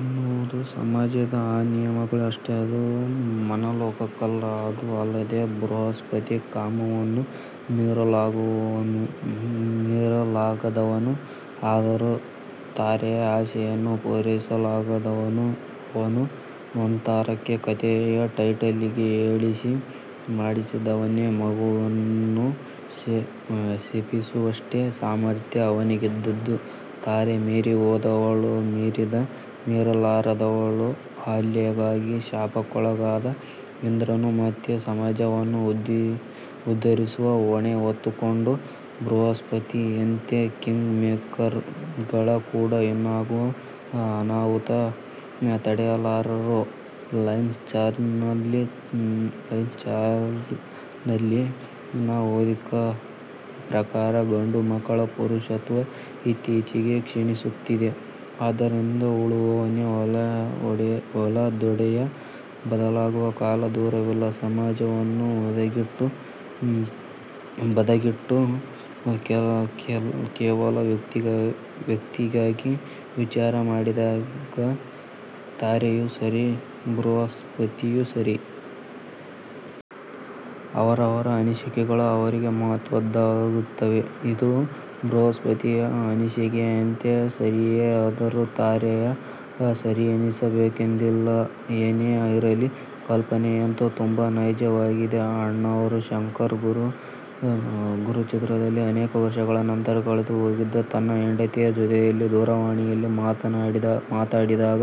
ಅನ್ನುವುದು ಸಮಾಜದ ಆ ನಿಯಮಗಳಿಗಷ್ಟೆ.. ಅದು ಮನೋಲೋಕಕ್ಕಲ್ಲಅದು ಅಲ್ಲದೆ ಬೃಹಸ್ಪತಿ ಕಾಮವನ್ನ ಮೀರಲಾಗದವನು ಆದರೂ ತಾರೆಯ ಆಸೆಯನ್ನ ಪೂರೈಸಲಾಗದವನುಅವನು ಒಂಥರಕ್ಕೆ ಕಥೆಯ ಟೈಟಲ್ಲಿಗೆ ಹೇಳಿಸಿ ಮಾಡಿಸಿದವನೆ ಮಗುವನ್ನು ಶಪಿಸುವಷ್ಟೇ ಸಾಮರ್ಥ್ಯ ಅವನಿಗಿದ್ದದ್ದು ತಾರೆ ಮೀರಹೋದವಳು. ಮೀರಿದರೂ ಮೀರಲಾರದವಳು. ಅಹಲ್ಯೆಗಾಗಿ ಶಾಪಕ್ಕೊಳಗಾದ ಇಂದ್ರನೂ. ಮತ್ತೆ ಸಮಾಜವನ್ನು ಉದ್ಧರಿಸುವ ಹೊಣೆ ಹೊತ್ತುಕೊಂಡ ಬೃಹಸ್ಪತಿಯಂತ ಕಿಂಗ್ ಮೇಕರ್ರ್ ಗಳು ಕೂಡ ಇನ್ನಾಗುವ ಅನಾಹುತ ತಡೆಯಲಾರರುಸೈನ್ಸ್ ಜರ್ನಲ್ ನಲ್ಲಿ ನಾ ಓದಿದ ಪ್ರಕಾರ, ಗಂಡು ಮಕ್ಕಳ ಪುರುಷತ್ವ ಇತ್ತೀಚಿಗೆ ಕ್ಷೀಣಿಸುತ್ತಿದೆ, ಆದ್ದರಿಂದ ಉಳುವವನೇ ಹೊಲದೊಡೆಯ ಬದಲಾಗುವ ಕಾಲ ದೂರವಿಲ್ಲಸಮಾಜವನ್ನು ಬದಿಗಿಟ್ಟು ಕೇವಲ ವ್ಯಕ್ತಿಯಾಗಿ ವಿಚಾರಮಾಡಿದಾಗ ತಾರೆಯೂ ಸರಿ ಬೃಹಸ್ಪತಿಯೂ ಸರಿ. ಅವರವರ ಅನಿಸಿಕೆಗಳು ಅವರಿಗೆ ಮಹತ್ವದ್ದಾಗುತ್ತವೆ. ಇದು ಬೃಹಸ್ಪತಿಯ ಅನಿಸಿಕೆಯಂತೆ ಸರಿಯೇಅದರೂ ತಾರೆಗೆ ಸರಿಯೆನಿಸಬೇಕೆಂದೇನಿಲ್ಲಏನೆ ಇರಲಿ ಕಲ್ಪನೆಯಂತೂ ತುಂಬ ನೈಜವಾಗಿದೆ. ಅಣ್ಣಾವ್ರು ಶಂಕರ್ ಗುರು ಚಿತ್ರದಲ್ಲಿ ಅನೇಕ ವರ್ಷಗಳ ನಂತರ ಕಳೆದು ಹೋಗಿದ್ದ ತನ್ನ ಹೆಂಡತಿಯ ಜೊತೆಯಲ್ಲಿ ದೂರವಾಣಿಯಲ್ಲಿ ಮಾತಾಡಿದಾಗ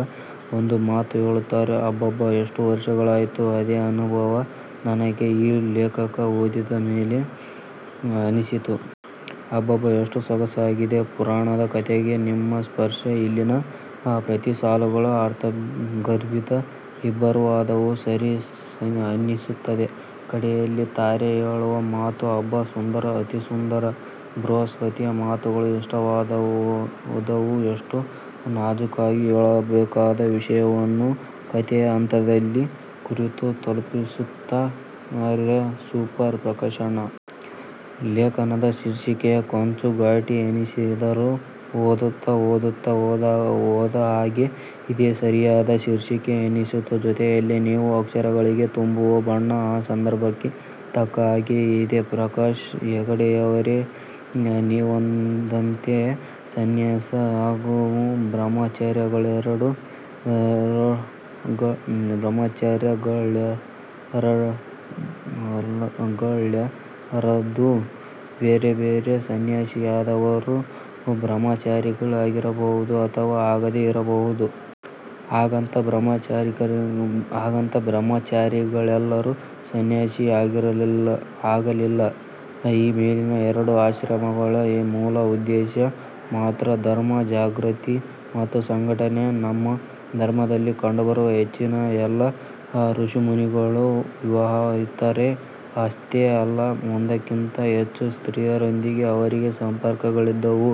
ಒಂದು ಮಾತು ಹೇಳುತ್ತಾರೆ "ಅಬ್ಬಬ್ಬಾ ಎಷ್ಟು ವರ್ಷಗಳಾಯ್ತು" ಅದೇ ಅನುಭವ ನನಗೆ ಈ ಲೇಖನ ಓದಿದ ಮೇಲೆ ಅನಿಸಿತು. ಅಬ್ಬಬ್ಬಾ ಎಷ್ಟು ಸೊಗಸಾಗಿದೆ ಪುರಾಣದ ಕಥೆಗೆ ನಿಮ್ಮ ಸ್ಪರ್ಶ. ಇಲ್ಲಿನ ಪ್ರತಿ ಸಾಲುಗಳು ಅರ್ಥಗರ್ಭಿತ. ಇಬ್ಬರ ವಾದವೂ ಸರಿ ಅನ್ನಿಸುತ್ತದೆ ಕಡೆಯಲ್ಲಿ ತಾರೆ ಹೇಳುವ ಮಾತು ಅಬ್ಬಾ ಸುಂದರ ಅತಿ ಸುಂದರ. ಬೃಹಸ್ಪತಿಯ ಮಾತುಗಳು ಇಷ್ಟವಾದವುಎಷ್ಟು ನಾಜೂಕಾಗಿ ಹೇಳಬೇಕಾದ ವಿಷಯವನ್ನು ಕಥೆಯ ಹಂದರದಲ್ಲಿ ಕೂರಿಸಿ ತಲುಪಿಸುತ್ತೀರಾ ಸೂಪರ್ ಪ್ರಕಾಶಣ್ಣ. ಲೇಖನದ ಶೀರ್ಷಿಕೆ ಕೊಂಚ ಘಾಟಿ ಎನಿಸಿದರೂ ಓದುತ್ತ ಓದುತ್ತಾ ಹೋದ ಹಾಗೆ ಇದೆ ಸರಿಯಾದ ಶೀರ್ಷಿಕೆ ಎನ್ನಿಸಿತು. ಜೊತೆಯಲ್ಲಿ ನೀವು ಅಕ್ಷರಗಳಿಗೆ ತುಂಬುವ ಬಣ್ಣ. ಆ ಸಂದರ್ಭಕ್ಕೆ ತಕ್ಕ ಹಾಗೆ ಇದೆ. ಪ್ರಕಾಶ ಹೆಗಡೆಯವರೇ ನೀವಂದಂತೇ ಸನ್ಯಾಸ ಹಾಗೂ ಬ್ರಹ್ಮಚರ್ಯಗಳೆರದೂ ಬೇರೆ ಬೇರೆ. ಸನ್ಯಾಸಿಯಾದವರು ಬ್ರಹ್ಮಚಾರಿಗಳಾಗಿರಬಹುದು ಅಥವಾ ಆಗದೇ ಇರಲುಬಹುದು. ಹಾಗಂತ ಬ್ರಹ್ಮಚಾರಿಗಳೆಲ್ಲರೂ ಸನ್ಯಾಸಿಗಲಲ್ಲ. ಈಮೇಲಿನ ಎರಡೂ ಆಶ್ರಮಗಳ ಮೂಲ ಉದ್ದೇಶ ಮಾತ್ರ ಧರ್ಮ ಜಾಗ್ರತಿ ಮತ್ತು ಸಂಘಟನೆ. ನಮ್ಮ ಧರ್ಮದಲ್ಲಿ ಕಂಡು ಬರುವ ಹೆಚ್ಚಿನ ಎಲ್ಲ ಋಷಿಮುನಿಗಳೂ ವಿವಾಹಿತರೆ. ಅಶ್ತೆ ಅಲ್ಲ ಒಂದಕ್ಕಿಂತ ಹೆಚ್ಚು ಸ್ತ್ರೀ ಯರೊಂದಿಗೆ ಅವರಿಗೆ ಸಂಪರ್ಕಗಳಿದ್ದವು.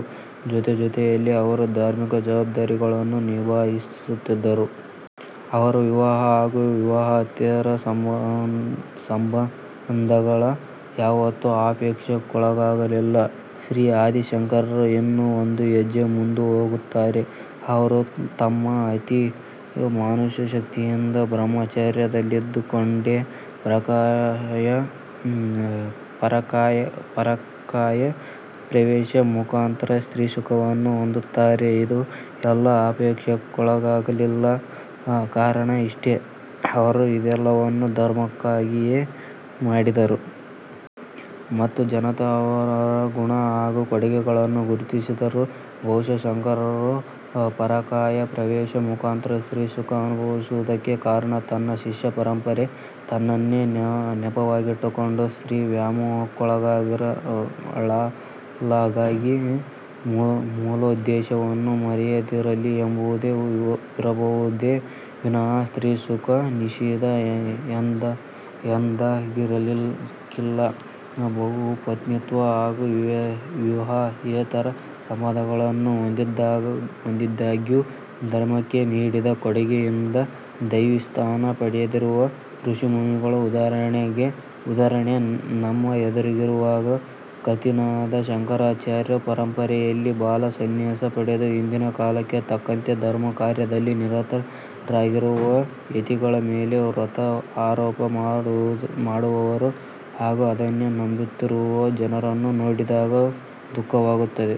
ಜೊತೆಜೊತೆಯಲ್ಲೇ ಅವರ ಧಾರ್ಮಿಕ ಜವಾಬ್ದಾರಿಗಳನ್ನೂ ನಿಭಾಯಿಸುತ್ತಿದ್ದರು. ಅವರ ವಿವಾಹ ಹಾಗೂ ವಿವಾಹೇತರ ಸಂಬನ್ಧಗಳು ಯಾವತ್ತೂ ಆಕ್ಷೇಪಕ್ಕೊಳಗಾಗಲಿಲ್ಲ. ಶ್ರೀ ಆದಿಶಂಕರರು ಇನ್ನೂ ಒಂದು ಹೆಜ್ಜೆ ಮುಂದೆ ಹೋಗುತ್ತಾರೆ. ಅವರು ತಮ್ಮ ಅತಿ ಮಾನುಷ ಶಕ್ತಿಯಿಂದ ಬ್ರಹ್ಮ ಚರ್ಯದಲ್ಲಿದ್ದುಕೊಂಡೇ ಪರಕಾಯ ಪ್ರವೇಶ ಮುಖಾಂತರ ಸ್ತ್ರೀ ಸುಖವನ್ನು ಹೊಂದುತ್ತಾರೆ. ಇದು ಎಲ್ಲೂ ಅಕ್ಷೇಪಕ್ಕೊಳಗಾಗಲಿಲ್ಲ. ಕಾರಣ ಇಷ್ಟೇ ಅವರು ಇದೆಲ್ಲವನ್ನೂ ಧರ್ಮಕ್ಕಗಿಯೇ ಮಾಡಿದರು. ಮತ್ತು ಜನ ಅವರ ಗುಣ ಹಾಗೂ ಕೊಡುಗೆಗಳನ್ನು ಗುರುತಿಸಿದರು. ಬಹುಶಃ ಶಂಕರರು ಪರಕಾಯ ಪ್ರವೇಶ ಮುಖಾಂತರ ಸ್ತ್ರೀ ಸುಖ ಅನುಭವಿಸುವುದಕ್ಕೆ ಕಾರಣ ತನ್ನ ಶಿಷ್ಯ ಪರಂಪರೆ ತನ್ನನ್ನೇ ನೆಪವಾಗಿಟ್ಟುಕೊಂಡು ಸ್ತ್ರೀ ವ್ಯಾಮೋಹಕ್ಕೋಳಾಲಗಾಗಿ ಮೂಲೋದ್ದೇಶವನ್ನು ಮರೆಯದಿರಲಿ ಎಂಬುದೇ ಇರಬಹುದೇ ವಿನಃ ಸ್ತ್ರೀ ಸುಖ ನಿಷಿಧ ಎನ್ದಾಗಿರಲಿಕ್ಕಿಲ್ಲ. ಬಹುಪತ್ನಿತ್ವ ಹಾಗೂ ವಿವಾಹೇತರ ಸಂಬಂಧಗಳನ್ನು ಹೊಂದಿದ್ದಾಗ್ಯೂ ಧರ್ಮಕ್ಕೆ ನೀಡಿದ ಕೊಡುಗೆಯಿಂದ ದೈವೀ ಸ್ಥಾನ ಪಡೆದಿರುವ ಋಷಿಮುನಿಗಳ ಉದಾಹರಣೆ ನಮ್ಮ ಎದುರಿಗಿರುವಾಗ ಕಥಿನವಾದ ಶಂಕರಾಚಾರ್ಯ ಪರಂಪರೆಯಲ್ಲಿ ಬಾಲ ಸನ್ಯಾಸ ಪಡೆದು ಇಂದಿನ ಕಾಲಕೆ ತಕ್ಕಂತೆ ಧರ್ಮ ಕಾರ್ಯದಲ್ಲಿ ನಿರತ ರಾಗಿರುವ ಯತಿಗಳ ಮೇಲೆ ವ್ರತ ಆರೋಪ ಮಾಡುವವರು ಹಾಗೂ ಅದನ್ನೇ ನಂಬುತ್ತಿರುವ ಜನರನ್ನು ನೋಡಿದಾಗ ದುಃಖವಾಗುತ್ತದೆ.